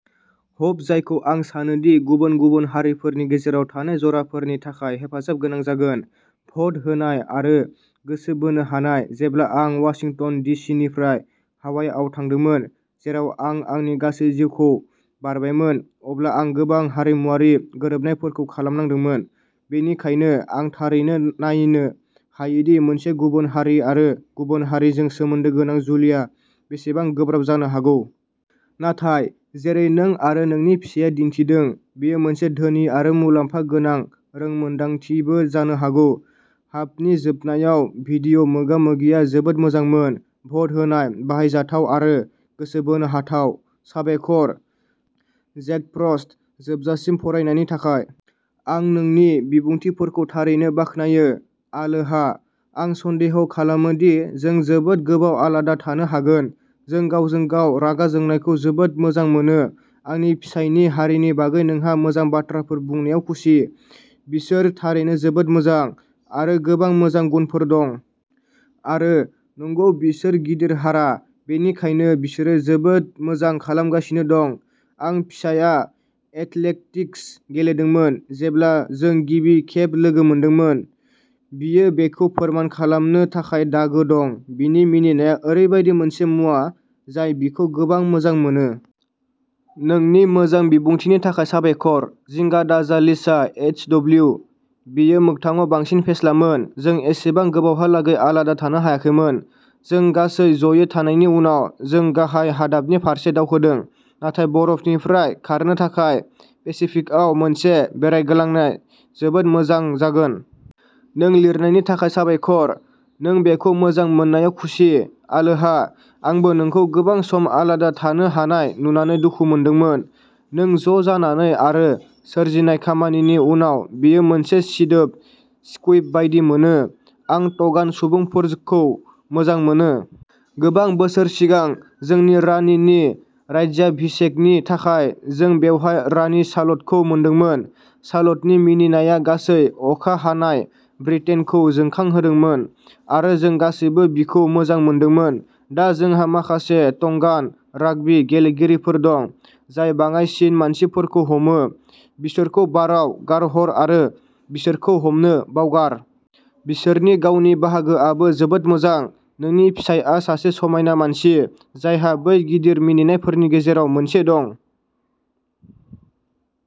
हब जायखौ आं सानो दि गुबुन गुबुन हारिफोरनि गेजेराव थानाय जराफोरनि थाखाय हेफाजाब गोनां जागोन। भट होनाय आरो गोसो बोनो हानाय। जेब्ला आं वाशिंटन डि. सि. निफ्राय हावाइआव थांदोंमोन, जेराव आं आंनि गासै जिउखौ बारबायमोन, अब्ला आं गोबां "हारिमुआरि" गोरोबनायफोरखौ खालामनांदोंमोन, बेनिखायनो आं थारैनो नायनो हायोदि मोनसे गुबुन हारि आरो गुबुन हारिजों सोमोन्दो गोनां जुलिया बेसेबां गोब्राब जानो हागौ। नाथाय, जेरै नों आरो नोंनि फिसाया दिन्थिदों, बेयो मोनसे धोनि आरो मुलाम्फा गोनां रोंमोनदांथिबो जानो हागौ। हाबनि जोबनायाव भिडिअ'मोगा-मोगिआ जोबोद मोजांमोन। भ'ट होनाय, बाहायजाथाव, आरो गोसो बोनो हाथाव। साबायखर, जेग्डफ्रस्ट, जोबजासिम फरायनायनि थाखाय। आं नोंनि बिबुंथिफोरखौ थारैनो बाख्नायो। आलोहा! आं सन्देह खालामो दि जों जोबोद गोबाव आलादा थानो हागोन-जों गावजों-गाव रागा जोंनायखौ जोबोद मोजां मोनो! आंनि फिसायनि हारिनि बागै नोंहा मोजां बाथ्राफोर बुंनायाव खुसि। बिसोर थारैनो जोबोद मोजां, आरो गोबां मोजां गुनफोर दं। आरो, नंगौ, बिसोर गिदिर हारा, बेनिखायनो बिसोरो जोबोद मोजां खालामगासिनो दं। आंनि फिसाया एथलेटिक्स गेलेदोंमोन जेब्ला जों गिबि खेब लोगो मोनदोंमोन। बियो बेखौ फोरमान खालामनो थाखाय दागो दं। बिनि मिनिनाया ओरैबायदि मोनसे मुवा जाय बिखौ गोबां मोजां मोनो। नोंनि मोजां बिबुंथिनि थाखाय साबायखर। जिंगा दाजा लिसा एइचडब्लिउ। बेयो मोगथाङाव बांसिन फेस्लामोन। जों एसेबां गोबावहालागै आलादा थानो हायाखैमोन, जों गासै जयै थानायनि उनाव। जों गाहाय हादाबनि फारसे दावखोदों, नाथाय बरफनिफ्राय खारनो थाखाय पेसिफिकआव मोनसे बेरायग्लांनाय जोबोद मोजां जागोन। नों लिरनायनि थाखाय साबायखर। नों बेखौ मोजां मोननायाव खुसि। आलोहा! आंबो नोंखौ गोबां सम आलादा थानो हानाय नुनानै दुखु मोनदोंमोन। नों ज'जानानै आरो सोरजिनाय खामानिनि उनाव बेयो मोनसे सिदोब स्कुइब बायदि मोनो। आं ट'गान सुबुंफोरखौ मोजां मोनो। गोबां बोसोर सिगां, जोंनि रानिनि राज्याभिषेकनि थाखाय जों बेवहाय रानि साल'टखौ मोनदोंमोन। साल'टनि मिनिनाया गासै अखा हानाय ब्रिटेनखौ जोंखांहोदोंमोन आरो जों गासैबो बिखौ मोजां मोनदोंमोन। दा जोंहा माखासे टंगान राग्बी गेलेगिरिफोर दं, जाय बाङाइसिन मानसिफोरखौ हमो; बिसोरखौ बाराव गारहर आरो बिसोरखौ हमनो बावगार! बिसोरनि गावनि बाहागोआबो जोबोद मोजां। नोंनि फिसायआ सासे समायना मानसि, जायहा बै गिदिर मिनिनायफोरनि गेजेराव मोनसे दं।